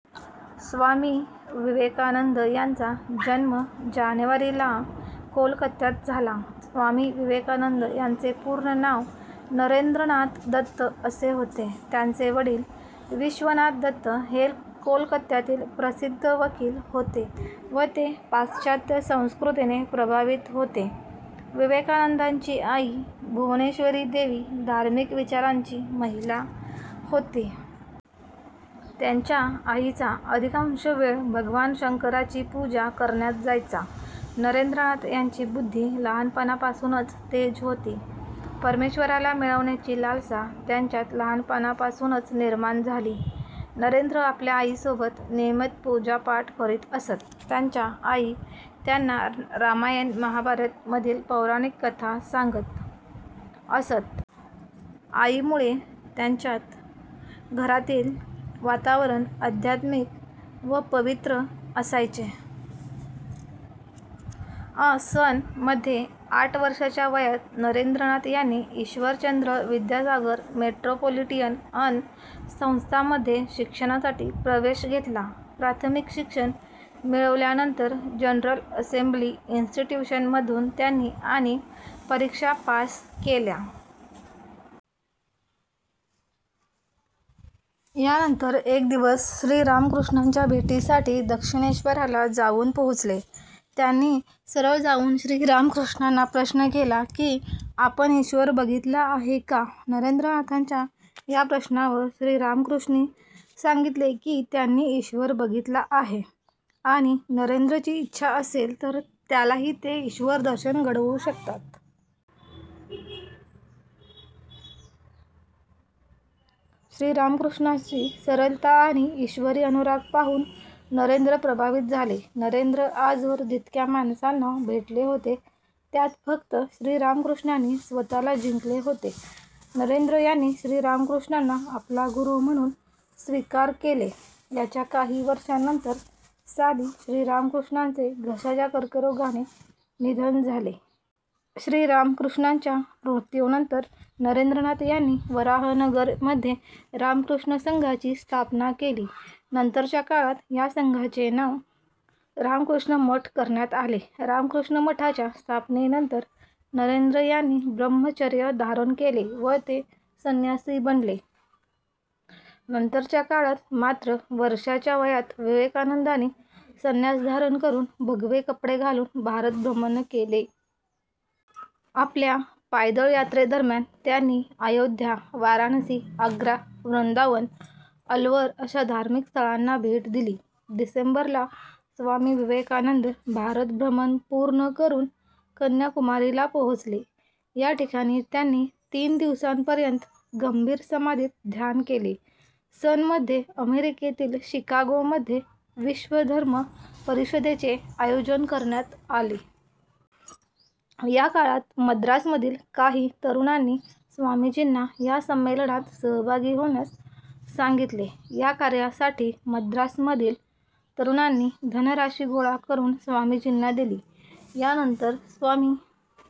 स्वामी विवेकानंद यांचा जन्म जानेवारी ला कोलकत्यात झाला. स्वामी विवेकानंद यांचे पूर्ण नाव नरेंद्रनाथ दत्त असे होते. त्यांचे वडील विश्वनाथ दत्त हे कोलकत्यातील प्रसिद्ध वकील होते व ते पाश्चात्य संस्कृतीने प्रभावित होते. विवेकानंदांची आई भुवनेश्वरी देवी धार्मिक विचाराची महिला होती. त्यांच्या आईचा अधिकांश वेळ भगवान शंकराची पूजा करण्यात जायचा. नरेंद्रनाथ यांची बुद्धी लहानपणापासूनच तेज होती. परमेश्वराला मिळविण्याची लालसा त्यांच्यात लहानपणापासूनच निर्माण झाली. नरेंद्र आपल्या आई सोबत नियमित पूजापाठ करत असत. त्यांच्या आई त्यांना रामायण महाभारत मधील पौराणिक कथा सांगत असत. आईमुळे त्यांच्या घरातील वातावरण अध्यात्मिक व पवित्र असायचे. सन मध्ये आठ वर्षाच्या वयात नरेंद्रनाथ यांनी ईश्वरचंद्र विद्यासागर मेट्रोपोलिटिअन संस्था मध्ये शिक्षणासाठी प्रवेश घेतला. प्राथमिक शिक्षण मिळवल्यानंतर जनरल असेंबली इन्स्टिट्यूशन मधून त्यांनी आणि परीक्षा पास केल्या. यानंतर एक दिवस नरेंद्र श्रीरामकृष्णांच्या भेटीसाठी दक्षिणेश्वराला जाऊन पोहोचले. त्यांनी सरळ जाऊन श्रीरामकृष्णांना प्रश्न केला की "आपण ईश्वर बघितला आहे का? " नरेंद्रनाथांच्या या प्रश्नावर श्रीरामकृष्णी सांगितले की त्यांनी ईश्वर बघितला आहे आणि नरेंद्रची इच्छा असेल तर त्यालाही ते ईश्वर दर्शन घडवू शकतात. श्रीरामकृष्णाची सरलता आणि ईश्वरी अनुराग पाहून नरेंद्र प्रभावित झाले. नरेंद्र आजवर जितक्या माणसांना भेटले होते त्यात फक्त श्रीरामकृष्णांनी स्वतःला जिंकले होते. नरेंद्र यांनी श्रीरामकृष्णाना आपला गुरु म्हणून स्वीकार केले. याच्या काही वर्षानंतर साली श्रीरामकृष्णांचे घशाच्या कर्करोगाने निधन झाले. श्रीराम कृष्णांच्या मृत्यूनंतर नरेंद्रनाथ यांनी वराहनगर मध्ये रामकृष्ण संघाची स्थापना केली. नंतरच्या काळात या संघाचे नाव रामकृष्ण मठ करण्यात आले. रामकृष्ण मठाच्या स्थापनेनंतर नरेंद्र यांनी ब्रह्मचर्य धारण केले व ते संन्यासी बनले. नंतरच्या काळात मात्र वर्षाच्या वयात विवेकानंदांनी संन्यास धारण करून व भगवेकपडे घालून भारतभ्रमण केले. आपल्या पायदळ यात्रेदरम्यान त्यांनी आयोध्या, वाराणसी, आग्रा, वृंदावन, अल्वर अशा धार्मिक स्थळांना भेट दिली. डिसेंबर ला स्वामी विवेकानंद भारत-भ्रमण पूर्ण करून कन्याकुमारी ला पोहोचले. याठिकाणी त्यांनी तीन दिवसांपर्यंत गंभीर समाधीत ध्यान केले. सन मध्ये अमेरिकेतील शिकागो मध्ये विश्व धर्म परिषदेचे आयोजन करण्यात आले. या काळात मद्रास मधील काही तरुणांनी स्वामीजींना या संमेलनात सहभागी होण्यास सांगितले. या कार्यासाठी मद्रासमधील तरुणांनी धनराशी गोळा करून स्वामीजींना दिली. यानंतर स्वामी